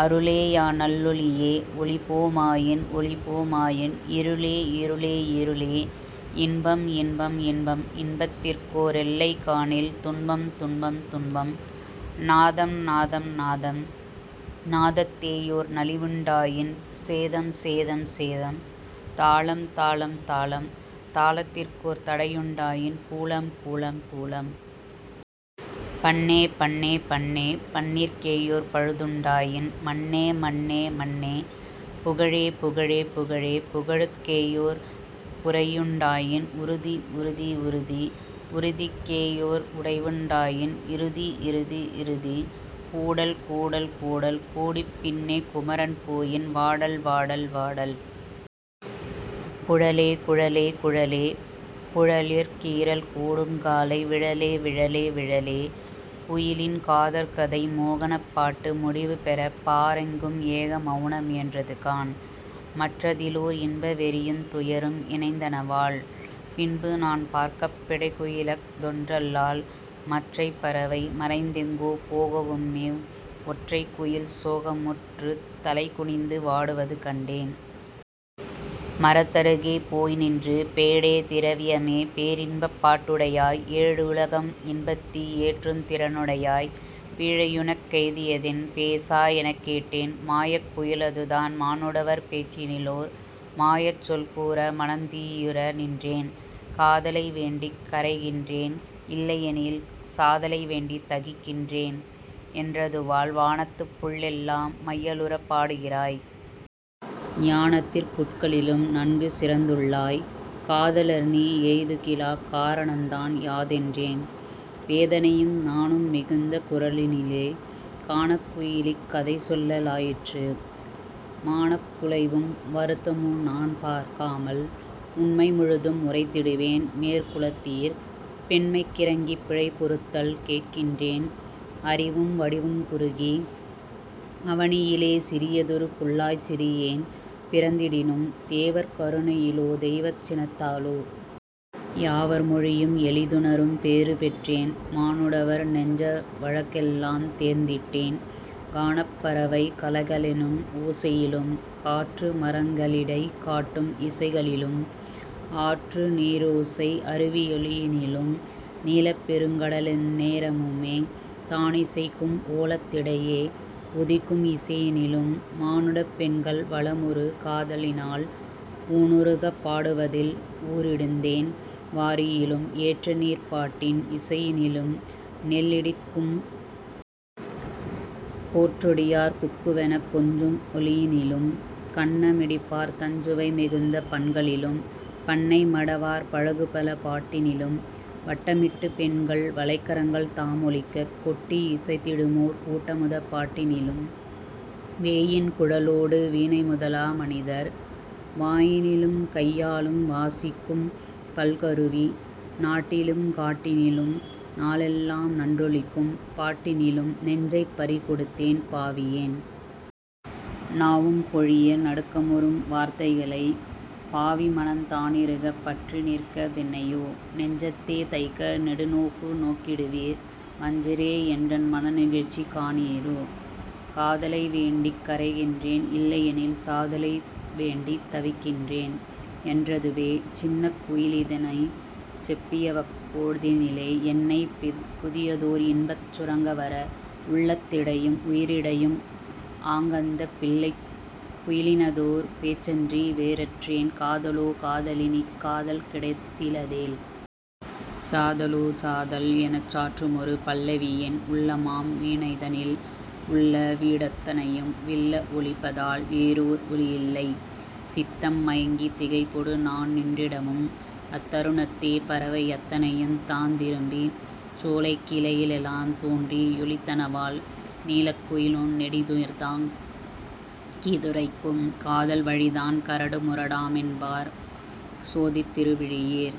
அருளே யாநல் லொளியே; ஒளிபோ மாயின், ஒளிபோ மாயின், இருளே, இருளே, இருளே.... இன்பம், இன்பம், இன்பம்; இன்பத் திற்கோ ரெல்லை காணில், துன்பம், துன்பம், துன்பம்.... நாதம், நாதம், நாதம்; நாதத் தேயோர் நலிவுண் டாயின், சேதம், சேதம், சேதம்.... தாளம், தாளம், தாளம்; தாளத் திற்கோர் தடையுண் டாயின், கூளம், கூளம், கூளம்.... பண்ணே, பண்ணே, பண்ணே; பண்ணிற் கேயோர் பழுதுண் டாயின். மண்ணே, மண்ணே, மண்ணே.... புகழே, புகழே, புகழே; புகழுக் கேயோர் புரையுண் டாயின், உறுதி, உறுதி, உறுதி; உறுதிக் கேயோர் உடைவுண் டாயின், இறுதி, இறுதி, இறுதி.... கூடல், கூடல், கூடல் கூடிப் பின்னே குமரன் போயின், வாடல், வாடல், வாடல்.... குழலே, குழலே, குழலே; குழலிற் கீறல் கூடுங்காலை, விழலே, விழலே, விழலே..... குயிலின் காதற் கதை மோகனப் பாட்டு முடிவுபெறப் பாரெங்கும் ஏக மவுன மியன்றதுகாண்; மற்றதிலோர் இன்ப வெறியுந் துயரும் இணைந்தனவால். பின்புநான் பார்க்கப் பெடைக்குயிலஃ தொன்றல்லால் மற்றைப் பறவை மறைந்தெங்கோ போகவுமிவ்... ஒற்றைக் குயில் சோக முற்றுத் தலைகுனிந்து வாடுவது கண்டேன். மரத்தருகே போய்நின்று, ''பேடே! திரவியமே! பேரின்பப் பாட்டுடையாய்! ஏழுலகம் இன்பத்தீ ஏற்றுந் திறனுடையாய்! பீழையுனக் கெய்தியதென்? பேசாய்! '' எனக் கேட்டேன்.... மாயக் குயிலதுதான் மானுடவர் பேச்சினிலோர் மாயச்சொல் கூற மனந் தீயுற நின்றேன். ''காதலை வேண்டிக் கரைகின்றேன், இல்லை யெனில் சாதலை வேண்டிக் தகிக்கின்றேன்'' என்றதுவால், ''வானத்துப் புள்ளெல்லாம் மையலுறப் பாடுகிறாய்.... ஞானத்திற் புட்களிலும் நன்கு சிறந்துள்ளாய், காதலர்நீ யெய்துகிலாக் காரணந்தான் யா'' தென்றேன். வேதனையும் நாணும் மிகுந்த குரலினிலே கானக் குயிலிக் கதைசொல்ல லாயிற்று:- ''மானக் குலைவும் வருத்தமுநான் பார்க்காமல்,... உண்மை முழுதும் உரைத்திடுவேன் மேற்குலத்தீர்! பெண்மைக் கிரங்கிப் பிழைபொறுத்தல் கேட்கின்றேன் அறிவும் வடிவுங் குறுகி, அவனியிலே சிறியதொரு புள்ளாய்ச் சிறியேன் பிறந்திடினும், தேவர் கருணையிலோ தெய்வச் சினத்தாலோ... யாவர் மொழியும் எளிதுணரும் பேறு பெற்றேன்; மானுடவர் நெஞ்ச வழக்கெல்லாந் தேர்ந்திட்டேன்: கானப் பறவை கலகலெனும் ஓசையிலும், காற்று மரங்களிடைக் காட்டும் இசைகளிலும், ஆற்று நீரோசை அருவி யொலியினிலும்,... நீலப் பெருங்கடலெந் நேரமுமே தானிசைக்கும் ஓலத் திடையே உதிக்கும் இசையினிலும், மானுடப் பெண்கள் வளமொரு காதலினால் ஊனுருகப் பாடுவதில் ஊறிடுந்தேன் வாரியிலும், ஏற்றநீர்ப் பாட்டின் இசையினிலும், நெல்லிடிக்குங்... கோற்றொடியார் குக்குவெனக் கொஞ்சும் ஒலியினிலும் கண்ண மிடிப்பார்தஞ் சுவைமிகுந்த பண்களிலும் பண்ணை மடவார் பழகு பல பாட்டினிலும் வட்டமிட்டுப் பெண்கள் வளைக்கரங்கள் தாமொலிக்கக் கொட்டி யிசைத்திடுமோர் கூட்டமுதப் பாட்டினிலும்,... வேயின் குழலோடு வீணைமுதலா மனிதர் வாயினிலுங் கையாலும் வாசிக்கும் பல்கருவி நாட்டினிலுங் காட்டினிலும் நாளெல்லாம் நன்றொலிக்கும் பாட்டினிலும், நெஞ்சைப் பறிகொடுத்தேன் பாவியேன். நாவும் மொழிய நடுக்கமுறும் வார்த்தைகளைப்... பாவிமனந் தானிறுகப் பற்றிநிற்ப தென்னையோ? நெஞ்சத்தே தைக்க நெடுநோக்கு நோக்கிடுவீர். மஞ்சரே, என்றன் மனநிகழ்ச்சி காணீரோ? காதலை வேண்டிக் கரைகின்றேன், இல்லையெனில், சாதலைத் வேண்டித் தவிக்கின்றேன்'' என்றதுவே.... சின்னக் குயிலிதனைச் செப்பியவப் போழ்தினிலே, என்னைப் புதியதோர் இன்பச் சுரங்கவர, உள்ளத் திடையும் உயிரிடையும் ஆங்கந்தப் பிள்ளைக் குயிலினதோர் பேச்சன்றி வேறற்றேன்; ''காதலோ காதலினிக் காதல் கிடைத்திலதேல்... சாதலோ சாதல்'' எனச் சாற்றுமொரு பல்லவியென் உள்ளமாம் வீணைதனில், உள்ளவீ டத்தனையும் விள்ள ஒலிப்பதால் வேறொர் ஒலியில்லை. சித்தம் மயங்கித் திகைப்பொடுநான் நின்றிடவும், அத்தருணத் தேபறவை யத்தனையுந் தாந்திரும்பிச்... சோலைக் கிளையிலெலாந் தோன்றி யொலித்தனவால், நீலக் குயிலும் நெடிதுயிர்த்தாங் கிஃதுரைக்கும், 'காதல் வழிதான் கரடுமுர டாமென்பார்; சோதித் திருவிழியீர்!